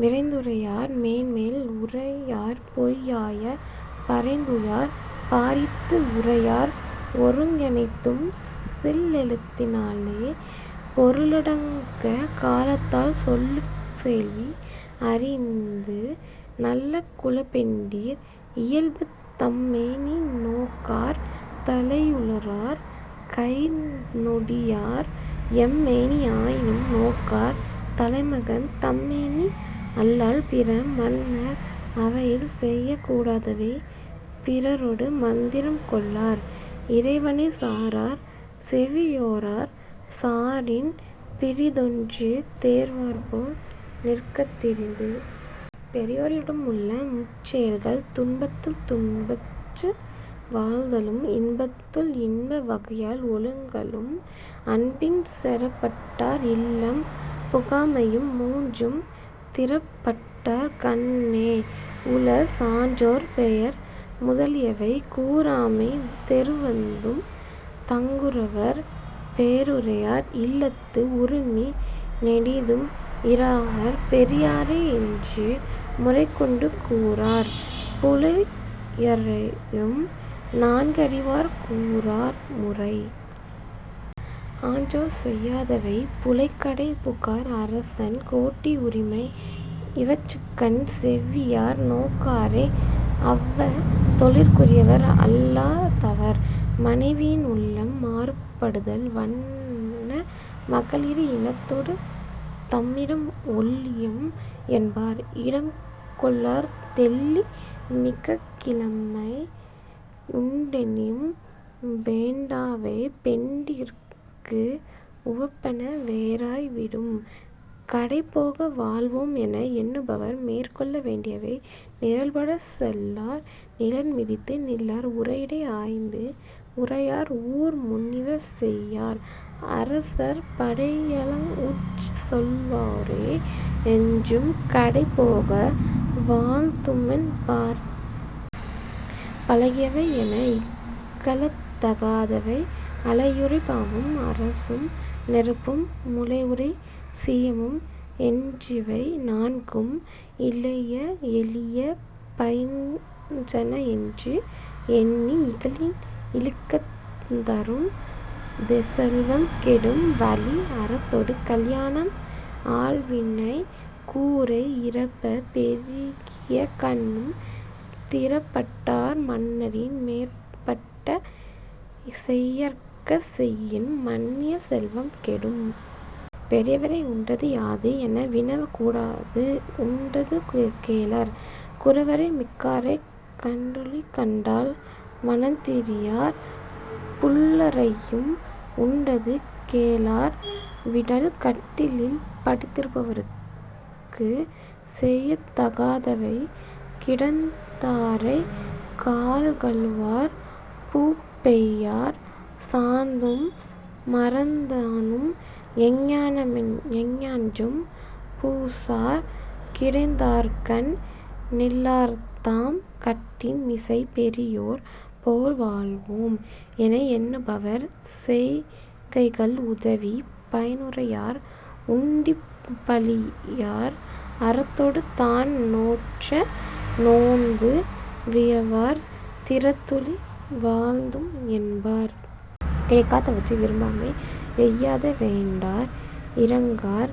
விரைந்துரையார் மேன்மேல் உரையார்பொய் யாய பரந்துரையார் பாரித்து உரையார் ஒருங்கெனைத்தும் சில்லெழுத்தினாலே பொருளடங்கக் காலந்தால் சொல்லுக செவ்வி அறிந்து. நல்ல குலப்பெண்டிர் இயல்பு தம்மேனி நோக்கார் தலையுளரார் கைந்நொடியார் எம்மேனி ஆயினும் நோக்கார் தலைமகன் தம்மேனி அல்லால் பிற. மன்னர் அவையில் செய்யக் கூடாதவை பிறரொடு மந்திரம் கொள்ளார் இறைவனைச் சாரார் செவியோரார் சாரின் பிறிதொன்று தேர்வார்போல் நிற்க திரிந்து. பெரியோரிடம் உள்ள முச்செயல்கள் துன்பத்துள் துன்புற்று வாழ்தலும் இன்பத்துள் இன்ப வகையால் ஒழுகலும் அன்பின் செறப்பட்டார் இல்லம் புகாமையும் மூன்றும் திறப்பட்டார் கண்ணே உள. சான்றோர் பெயர் முதலியவை கூறாமை தெறுவந்தும் தங்குரவர் பேருரையார் இல்லத்து உறுமி நெடிதும் இராஅர் பெரியாரை என்று முறைகொண்டு கூறார் புலையரையும் நன்கறிவார் கூறார் முறை. ஆன்றோர் செய்யாதவை புழைக்கடைப் புகார் அரசன் கோட்டி உரிமை இவற்றுக்கண் செவ்வியார் நோக்காரே அவ்வத் தொழிற்குரிவர் அல்லா தவர். மனைவியின் உள்ளம் மாறுபடுதல் வண்ண மகளிரி இடத்தொடு தம்மிடம் ஒள்ளியம் என்பார் இடம்கொள்ளார் தெள்ளி மிகக்கிழமை உண்டெனினும் வேண்டாவே பெண்டிர்க்கு உவப்பன வேறாய் விடும். கடைபோக வாழ்வோம் என எண்ணுபவர் மேற்கொள்ள வேண்டியவை நிரல்படச் செல்லார் நிழன்மிதித்து நில்லார் உரையிடை ஆய்ந்து உரையார் ஊர்முனிவ செய்யார் அரசர் படையளவுஞ் சொல்லாரே என்றும் கடைபோக வாழ்துமென் பார். பழகியவை என இகழத் தகாதவை அளையுறை பாம்பும் அரசும் நெருப்பும் முழைஉறை சீயமும் என்றிவை நான்கும் இளைய எளிய பயின்றனஎன்று எண்ணி இகழின் இழுக்கந் தரும். செல்வம் கெடும் வழி அறத்தொடு கல்யாணம் ஆள்வினை கூரை இறப்பப் பெருகியக் கண்ணும் திறப்பட்டார் மன்னரின் மேம்பட்ட செய்யற்க செய்யின் மன்னிய செல்வம் கெடும். பெரியவரை உண்டது யாது என வினவக் கூடாது உண்டது கேளார்; குரவரை மிக்காரைக் கண்டுழிக் கண்டால் மனந்திரியார்; புல்லரையும் உண்டது கேளார் விடல். கட்டிலில் படுத்திருப்பவருக்குச் செய்யத் தகாதவை கிடந்தாரைக் கால்கழுவார் பூப்பெய்யார் சாந்தும் மறந்தானும் எஞ்ஞான்றும் பூசார் கிடந்தார்கண் நில்லார்தாம் கட்டின் மிசை. பெரியோர் போல் வாழ்வோம் என எண்ணுபவர் செய்கைகள் உதவிப் பயனுரையார் உண்டி பழியார் அறத்தொடு தான்நோற்ற நோன்பு வியவார் திறத்துளி வாழ்தும்என் பார். கிடைக்காதவற்றை விரும்பாமை எய்யாத வேண்டார் இரங்கார்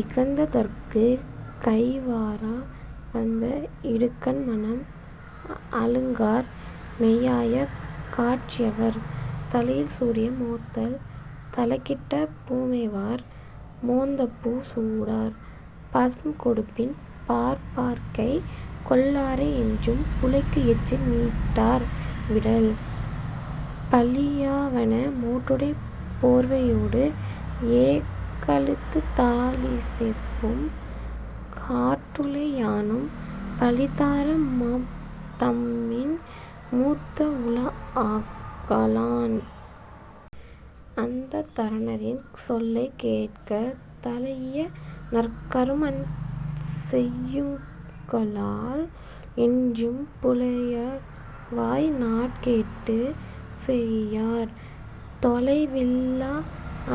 இகந்ததற்குக் கைவாரா வந்த இடுக்கண் மனம் அழுங்கார் மெய்யாய காட்சி யவர். தலையில் சூடிய மோத்தல் தலைக்கிட்ட பூமேவார் மோந்தபூச் சூடார் பசுக்கொடுப்பின் பார்ப்பார்கைக் கொள்ளாரே என்றும் புலைக்கு எச்சில் நீட்டார் விடல். பழியாவன மோட்டுடைப் போர்வையோடு ஏக்கழுத்துந் தாளிசைப்பும் காட்டுளே யானும் பழித்தார மாம்தம்மின் மூத்த உளஆக லான். அந்தணரின் சொல்லைக் கேட்க தலைஇய நற்கருமஞ் செய்யுங்கால் என்றும் புலையர்வாய் நாள்கேட்டுச் செய்யார் தொலைவில்லா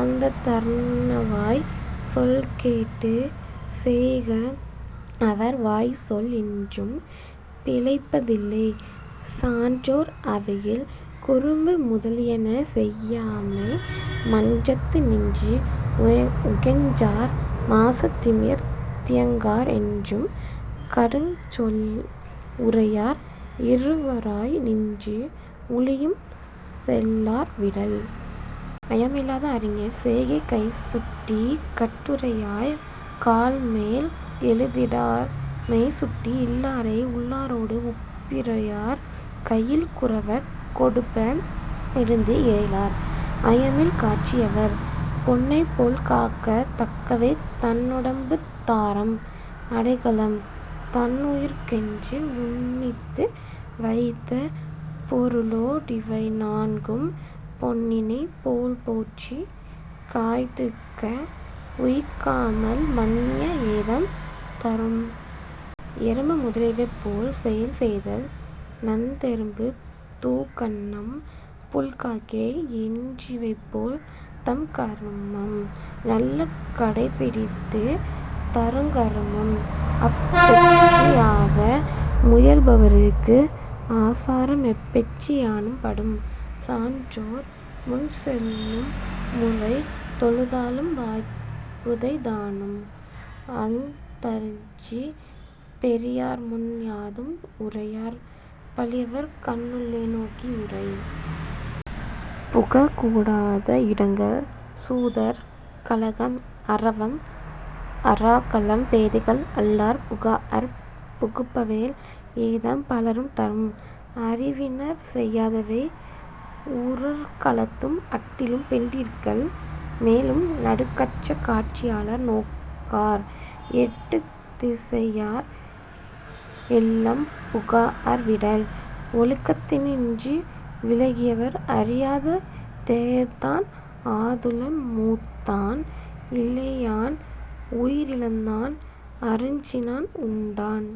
அந்தணர்வாய்ச் சொல்கேட்டுச் செய்க அவர் வாய்ச்சொல் என்றும் பிழைப்ப தில்லை. சான்றோர் அவையில் குறும்பு முதலியன செய்யாமை மன்றத்து நின்று உஞற்றார் மாசுதிமிர்ந் தியங்கார் என்றும் கடுஞ்சொல் உரையார் இருவராய் நின்று உழியும் செல்லார் விடல். ஐயம் இல்லாத அறிவினர் செய்கை கைசுட்டிக் கட்டுரையார் கால்மேல் எழுத்திடார் மெய்சுட்டி இல்லாரை உள்ளாரோடு ஒப்புரையார் கையில் குரவர் கொடுப்ப இருந்துஏலார் ஐயமில் காட்சி யவர். பொன்னைப் போல் காக்கத் தக்கவை தன்னுடம்பு தாரம் அடைக்கலம் தன்னுயிர்க்குஎன்று உன்னித்து வைத்த பொருளோ டிவைநான்கும் பொன்னினைப் போல்போற்றிக் காத்துய்க்க உய்க்காக்கால் மன்னிய ஏதம் தரும். எறும்பு முதலியவை போல் செயல் செய்தல் நந்தெறும்பு தூக்கணம் புள்காக்கை என்றிவைபோல் தம்கருமம் நல்ல கடைப்பிடித்துத் தங்கருமம் அப்பெற்றி யாக முயல்பவர்க்கு ஆசாரம் எப்பெற்றி யானும் படும். சான்றோர் முன் சொல்லும் முறை தொழுதாலும் வாய்புதைத் தானும் அஃதன்றிப் பெரியார்முன் யாதும் உரையார் பழியவர் கண்ணுள்ளே நோக்கி யுரை. புகக் கூடாத இடங்கள் சூதர் கழகம் அரவம் அறாக்களம் பேதைகள் அல்லார் புகாஅர் புகுபவேல் ஏதம் பலவும் தரும். அறிவினர் செய்யாதவை உரற்களத்தும் அட்டிலும் பெண்டிர்கள் மேலும் நடுக்கற்ற காட்சியார் நோக்கார் எடுத்திசையார் இல்லம் புகாஅர் விடல். ஒழுக்கத்தினின்று விலகியவர் அறியாத தேயத்தான் ஆதுலன் மூத்தான் இளையான் உயிரிழந்தான் அஞ்சினான் உண்டான்